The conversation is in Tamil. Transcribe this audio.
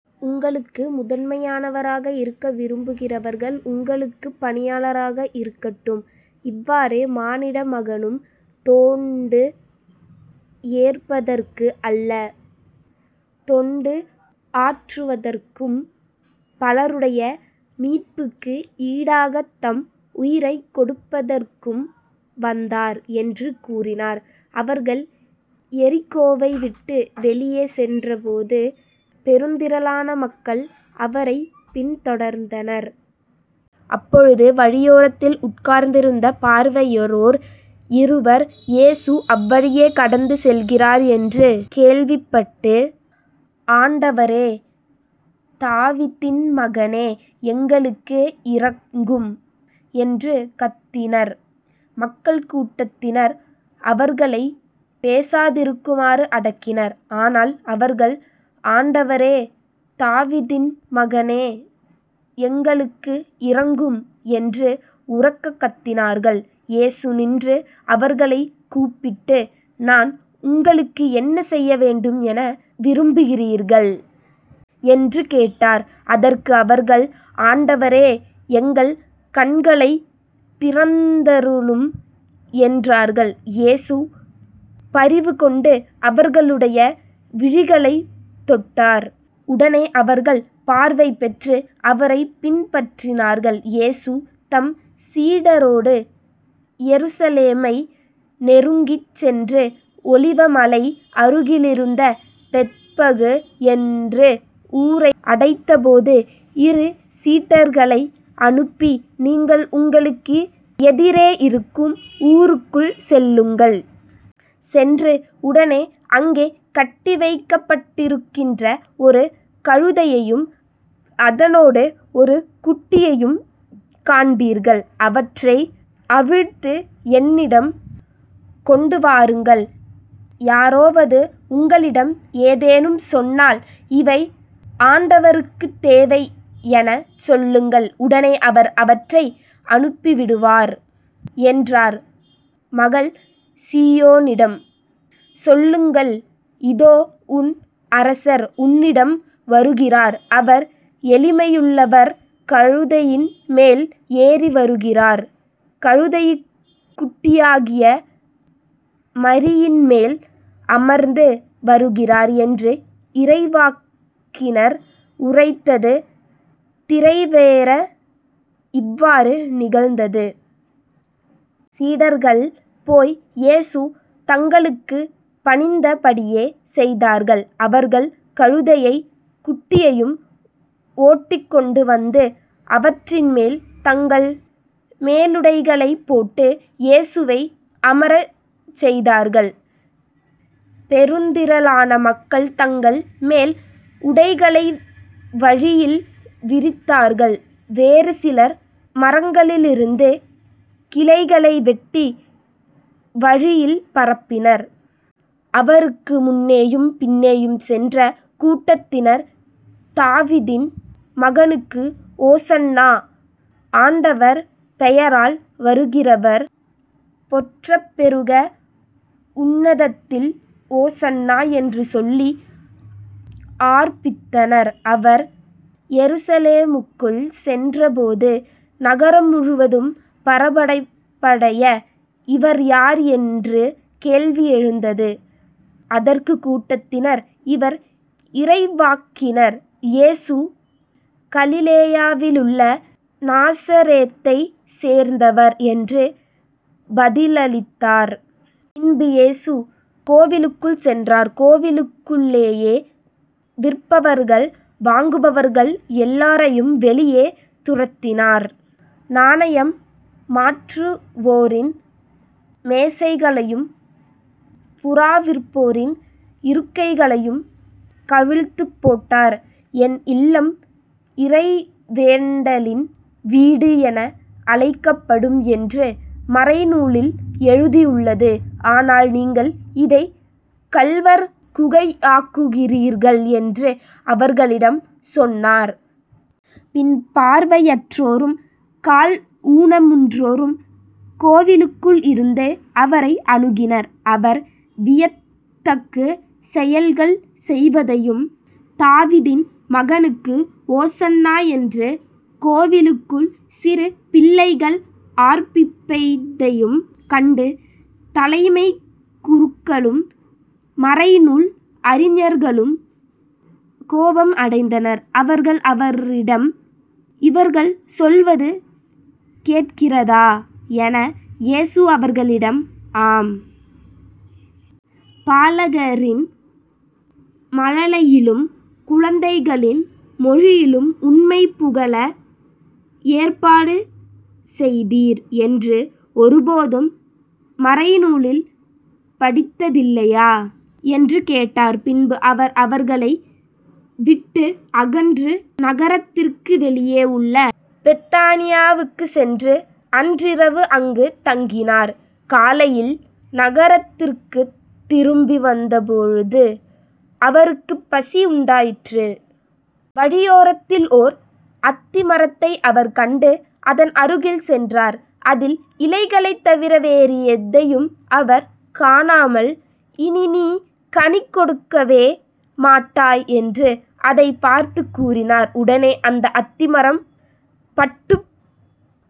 உங்களுக்கு முதன்மையானவராக இருக்க விரும்புகிறவர்கள் உங்களுக்குப் பணியாளராக இருக்கட்டும். இவ்வாறே மானிட மகனும் தொண்டு ஏற்பதற்கு அல்ல, தொண்டு ஆற்றுவதற்கும் பலருடைய மீட்புக்கு ஈடாகத் தம் உயிரைக் கொடுப்பதற்கும் வந்தார்" என்று கூறினார். அவர்கள் எரிகோவை விட்டு வெளியே சென்றபோது பெருந்திரளான மக்கள் அவரைப் பின்தொடர்ந்தனர். அப்பொழுது வழியோரத்தில் உட்கார்ந்திருந்த பார்வையறோர் இருவர் இயேசு அவ்வழியே கடந்து செல்கிறார் என்று கேள்விப்பட்டு,"ஆண்டவரே, தாவீத்தின் மகனே, எங்களுக்கு இரங்கும்" என்று கத்தினர். மக்கள் கூட்டத்தினர் அவர்களைப் பேசாதிருக்குமாறு அடக்கினர். ஆனால் அவர்கள்,"ஆண்டவரே, தாவீதின் மகனே, எங்களுக்கு இரங்கும்" என்று உரக்கக் கத்தினார்கள். இயேசு நின்று, அவர்களைக் கூப்பிட்டு,"நான் உங்களுக்கு என்ன செய்ய வேண்டும் என விரும்புகிறீர்கள்? " என்று கேட்டார். அதற்கு அவர்கள்,"ஆண்டவரே, எங்கள் கண்களைத் திறந்தருளும்" என்றார்கள். இயேசு பரிவு கொண்டு அவர்களுடைய விழிகளைத் தொட்டார். உடனே அவர்கள் பார்வை பெற்று, அவரைப் பின்பற்றினார்கள். இயேசு தம் சீடரோடு எருசலேமை நெருங்கிச் சென்று ஒலிவ மலை அருகிலிருந்த பெத்பகு என்ற ஊரை அடைந்தபோது இரு சீடர்களை அனுப்பி, "நீங்கள் உங்களுக்கு எதிரே இருக்கும் ஊருக்குள் செல்லுங்கள். சென்ற உடனே அங்கே கட்டிவைக்கப்பட்டிருக்கின்ற ஒரு கழுதையையும் அதனோடு ஒரு குட்டியையும் காண்பீர்கள். அவற்றை அவிழ்த்து என்னிடம் கொண்டு வாருங்கள். யாரோவது உங்களிடம் ஏதேனும் சொன்னால்,"இவை ஆண்டவருக்குத் தேவை" எனச் சொல்லுங்கள். உடனே அவர் அவற்றை அனுப்பிவிடுவார்" என்றார். "மகள் சீயோனிடம் சொல்லுங்கள் இதோ உன் அரசர் உன்னிடம் வருகிறார் அவர் எளிமையுள்ளவர் கழுதையின் மேல் ஏறி வருகிறார் கழுதைக்குட்டியாகிய மறியின் மேல் அமர்ந்து வருகிறார்" என்று இறைவாக்கினர் உரைத்தது திறைவேற இவ்வாறு நிகழ்ந்தது. சீடர்கள் போய் இயேசு தங்களுக்குப் பணித்த படியே செய்தார்கள். அவர்கள் கழுதையை குட்டியையும் ஓட்டிக் கொண்டு வந்து, அவற்றின் மேல் தங்கள் மேலுடைகளைப் போட்டு, இயேசுவை அமரச் செய்தார்கள். பெருந்திரளான மக்கள் தங்கள் மேல் உடைகளை வழியில் விரித்தார்கள். வேறு சிலர் மரங்களிலிருந்து கிளைகளை வெட்டி வழியில் பரப்பினர். அவருக்கு முன்னேயும் பின்னேயும் சென்ற கூட்டத்தினர்,"தாவீதின் மகனுக்கு ஓசன்னா. ஆண்டவர் பெயரால் வருகிறவர் பொற்றப்பெறுக. உன்னதத்தில் ஓசன்னா. " என்று சொல்லி ஆர்ப்பித்தனர். அவர் எருசலேமுக்குள் சென்றபோது நகரம் முழுவதும் பரபரப்படைய,"இவர் யார்? " என்று கேள்வி எழுந்தது. அதற்குக் கூட்டத்தினர்,"இவர் இறைவாக்கினர் இயேசு கலிலேயாவிலுள்ள நாசரேத்தைச் சேர்ந்தவர்" என்று பதிலளித்தனர். பின்பு இயேசு கோவிலுக்குள் சென்றார் கோவிலுக்குள்ளேயே விற்பவர்கள், வாங்குபவர்கள் எல்லாரையும் வெளியே துரத்தினார். நாணயம் மாற்றுவோரின் மேசைகளையும் புறா விற்போரின் இருக்கைகளையும் கவிழ்த்துப் போட்டார். "என் இல்லம் இறைவேண்டலின் வீடு என அழைக்கப்படும் என்று மறைநூலில் எழுதியுள்ளது. ஆனால் நீங்கள் இதைக் கள்வர் குகையாக்குகிறீர்கள்" என்று அவர்களிடம் சொன்னார். பின்பு பார்வையற்றோரும் கால் ஊனமுற்றோரும் கோவிலுக்குள் இருந்த அவரை அணுகினர். அவர் வியத்தகு செயல்கள் செய்வதையும்"தாவீதின் மகனுக்கு ஓசன்னா" என்று கோவிலுக்குள் சிறு பிள்ளைகள் ஆர்ப்பிப்பதையும் கண்டு தலைமைக் குருக்களும், மறைநூல் அறிஞர்களும் கோபம் அடைந்தனர். அவர்கள் அவரிடம்,"இவர்கள் சொல்வது கேட்கிறதா? " என, இயேசு அவர்களிடம்,"ஆம். "பாலகரின் மழலையிலும் குழந்தைகளின் மொழியிலும் உம்மைப் புகழ ஏற்பாடு செய்தீர்" என்று ஒருபோதும் மறைநூலில் படித்ததில்லையா? " என்று கேட்டார். பின்பு அவர் அவர்களை விட்டு அகன்று நகரத்திற்கு வெளியே உள்ள பெத்தானியாவுக்குச் சென்று அன்றிரவு அங்குத் தங்கினார். காலையில் நகரத்திற்குத் திரும்பி வந்தபொழுது அவருக்குப் பசி உண்டாயிற்று. வழியோரத்தில் ஓர் அத்தி மரத்தை அவர் கண்டு அதன் அருகில் சென்றார். அதில் இலைகளைத் தவிர வேறு எதையும் அவர் காணாமல்,"இனி நீ கனி கொடுக்கவே மாட்டாய்" என்று அதைப் பார்த்துக் கூறினார். உடனே அந்த அத்தி மரம் பட்டுப்